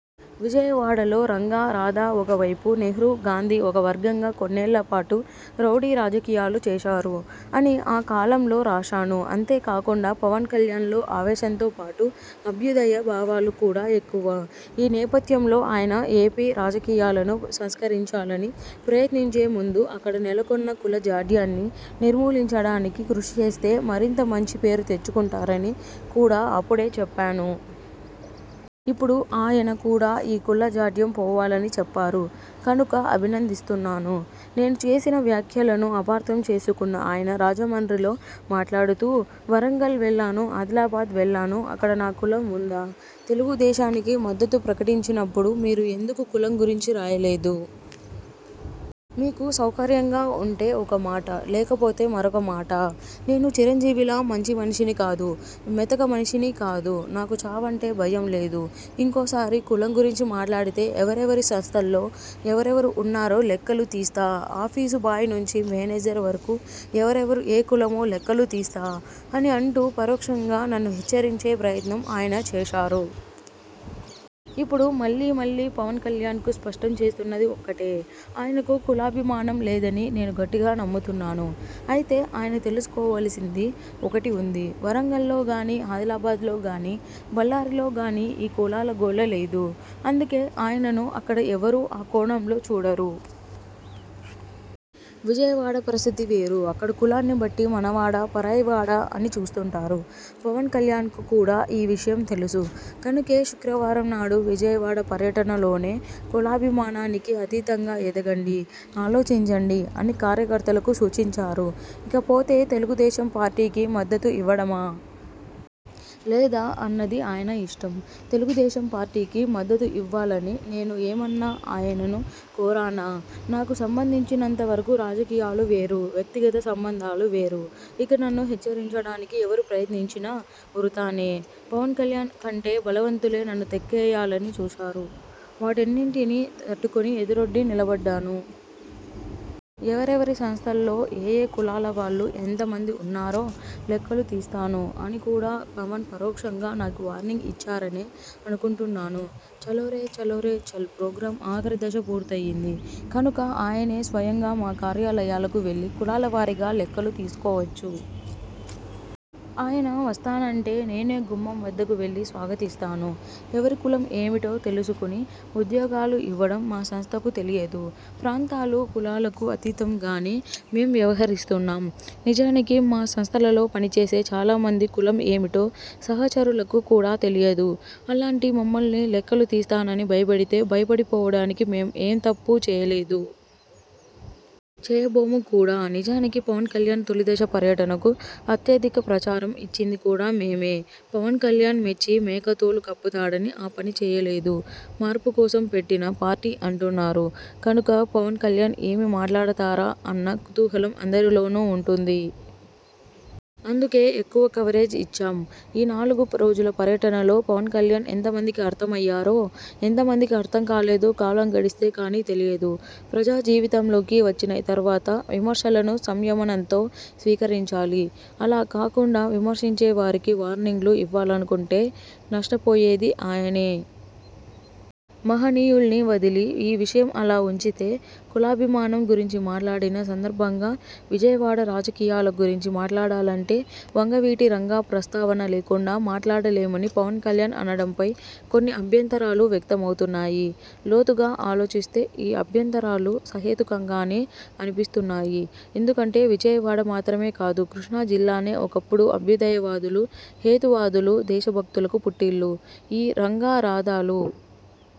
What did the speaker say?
"విజయవాడలో రంగా, రాధా ఒకవైపు, నెహ్రూ, గాంధీ ఒక వర్గంగా కొన్నేళ్ల పాటు రౌడీ రాజకీయాలు చేశారు'' అని ఆ కాలమ్లో రాశాను. అంతే కాకుండా పవన్ కల్యాణ్ లో ఆవేశంతోపాటు, అభ్యుదయ భావాలు కూడా ఎక్కువ. ఈ నేపథ్యంలో ఆయన ఏపీ రాజకీయాలను సంస్కరించాలని ప్రయత్నించే ముందు అక్కడ నెలకొన్న కుల జాడ్యాన్ని నిర్మూలించడానికి కృషి చేస్తే మరింత మంచి పేరు తెచ్చుకుంటారని కూడా అప్పుడే చెప్పాను. ఇప్పుడు ఆయన కూడా ఈ కుల జాడ్యం పోవాలని చెప్పారు కనుక అభినందిస్తున్నాను. నేను చేసిన వ్యాఖ్యలను అపార్థం చేసుకున్న ఆయన రాజమండ్రిలో మాట్లాడుతూ, ''వరంగల్ వెళ్లాను. ఆదిలాబాద్ వెళ్లాను. అక్కడ నా కులం ఉందా? తెలుగుదేశానికి మద్దతు ప్రకటించినప్పుడు మీరు ఎందుకు కులం గురించి రాయలేదు. మీకు సౌకర్యంగా ఉంటే ఒక మాట. లేకపోతే మరొక మాటా? నేను చిరంజీవిలా మంచి మనిషిని కాదు. మెతక మనిషిని కాదు. నాకు చావంటే భయం లేదు. ఇంకోసారి కులం గురించి మాట్లాడితే ఎవరెవరి సంస్థల్లో ఎవరెవరు ఉన్నారో లెక్కలు తీస్తా. ఆఫీసు బాయ్ నుంచి మేనేజర్ వరకు ఎవరెవరు ఏ కులమో లెక్కలు తీస్తా'' అని అంటూ పరోక్షంగా నన్ను హెచ్చరించే ప్రయత్నం ఆయన చేశారు. ఇప్పుడు మళ్లీ మళ్లీ పవన్ కల్యాణ్కు స్పష్టం చేస్తున్నది ఒక్కటే! ఆయనకు కులాభిమానం లేదని నేను గట్టిగా నమ్ముతున్నాను. అయితే ఆయన తెలుసుకోవలసింది ఒకటి ఉంది. వరంగల్లో గానీ, ఆదిలాబాద్లో గానీ, బళ్లారిలో గానీ ఈ కులాల గోల లేదు. అందుకే ఆయనను అక్కడ ఎవరూ ఆ కోణంలో చూడరు. విజయవాడ పరిస్థితి వేరు! అక్కడ కులాన్ని బట్టి మనవాడా పరాయి వాడా అని చూస్తుంటారు. పవన్ కల్యాణ్కు కూడా ఈ విషయం తెలుసు కనుకే శుక్రవారంనాడు విజయవాడ పర్యటనలోనే కులాభిమానానికి అతీతంగా ఎదగండి, ఆలోచించండి అని కార్యకర్తలకు సూచించారు. ఇకపోతే తెలుగుదేశం పార్టీకి మద్దతు ఇవ్వడమా? లేదా? అన్నది ఆయన ఇష్టం. తెలుగుదేశంపార్టీకి మద్దతు ఇవ్వాలని నేను ఏమన్నా ఆయనను కోరానా? నాకు సంబంధించినంత వరకు రాజకీయాలు వేరు. వ్యక్తిగత సంబంధాలు వేరు. ఇక నన్ను హెచ్చరించడానికి ఎవరు ప్రయత్నించినా వృథానే! పవన్ కల్యాణ్ కంటే బలవంతులే నన్ను తొక్కేయాలని చూశారు. వాటన్నింటినీ తట్టుకొని ఎదురొడ్డి నిలబడ్డాను. ఎవరెవరి సంస్థల్లో ఏయే కులాల వాళ్లు ఎంత మంది ఉన్నారో లెక్కలు తీస్తాను అని కూడా పవన్ పరోక్షంగా నాకు వార్నింగ్ ఇచ్చారనే అనుకుంటున్నాను. 'చలోరే చలోరే చల్' ప్రోగ్రామ్ ఆఖరి దశ పూర్తయ్యింది కనుక ఆయనే స్వయంగా మా కార్యాలయాలకు వెళ్లి కులాల వారీగా లెక్కలు తీసుకోవచ్చు. ఆయన వస్తానంటే నేనే గుమ్మం వద్దకు వెళ్లి స్వాగతిస్తాను. ఎవరి కులం ఏమిటో తెలుసుకొని ఉద్యోగాలు ఇవ్వడం మా సంస్థకు తెలియదు. ప్రాంతాలు, కులాలకు అతీతంగానే మేం వ్యవహరిస్తున్నాం. నిజానికి మా సంస్థలలో పనిచేసే చాలా మంది కులం ఏమిటో సహచరులకు కూడా తెలియదు. అలాంటి మమ్మల్ని లెక్కలు తీస్తానని భయపెడితే భయపడి పోవడానికి మేం ఎమ్ తప్పూ చేయలేదు. చేయబోము కూడా! నిజానికి పవన్ కల్యాణ్ తొలి దశ పర్యటనకు అత్యధిక ప్రచారం ఇచ్చింది కూడా మేమే! పవన్ కల్యాణ్ మెచ్చి మేక తోలు కప్పుతాడని ఆ పని చేయలేదు. మార్పు కోసం పెట్టిన పార్టీ అంటున్నారు కనుక పవన్ కల్యాణ్ ఏమి మాట్లాడతారా అన్న కుతూహలం అందరిలోనూ ఉంటుంది. అందుకే ఎక్కువ కవరేజ్ ఇచ్చాం. ఈ నాలుగు రోజుల పర్యటనలో పవన్ కల్యాణ్ ఎంతమందికి అర్థమయ్యారో, ఎంత మందికి అర్థం కాలేదు కాలం గడిస్తే కానీ తెలియదు. ప్రజా జీవితంలోకి వచ్చినయి తర్వాత విమర్శలను సమయనంతో స్వీకరించాలి. అలా కాకుండా విమర్శించే వారికి వార్నింగ్లు ఇవ్వాలనుకుంటే నష్టపోయేది ఆయనే! మహనీయుల్ని వదిలి.. ఈ విషయం అలా ఉంచితే, కులాభిమానం గురించి మాట్లాడిన సందర్భంగా విజయవాడ రాజకీయాల గురించి మాట్లాడాలంటే వంగవీటి రంగా ప్రస్తావన లేకుండా మాట్లాడలేమని పవన్ కల్యాణ్ అనడంపై కొన్ని అభ్యంతరాలు వ్యక్తమవుతున్నాయి. లోతుగా ఆలోచిస్తే ఈ అభ్యంతరాలు సహేతుకంగానే అనిపిస్తున్నాయి. ఎందుకంటే విజయవాడ మాత్రమే కాదు, కృష్ణా జిల్లానే ఒకప్పుడు అభ్యుదయవాదులు, హేతువాదులు, దేశభక్తులకు పుట్టిల్లు. ఈ రంగా–రాధాలు,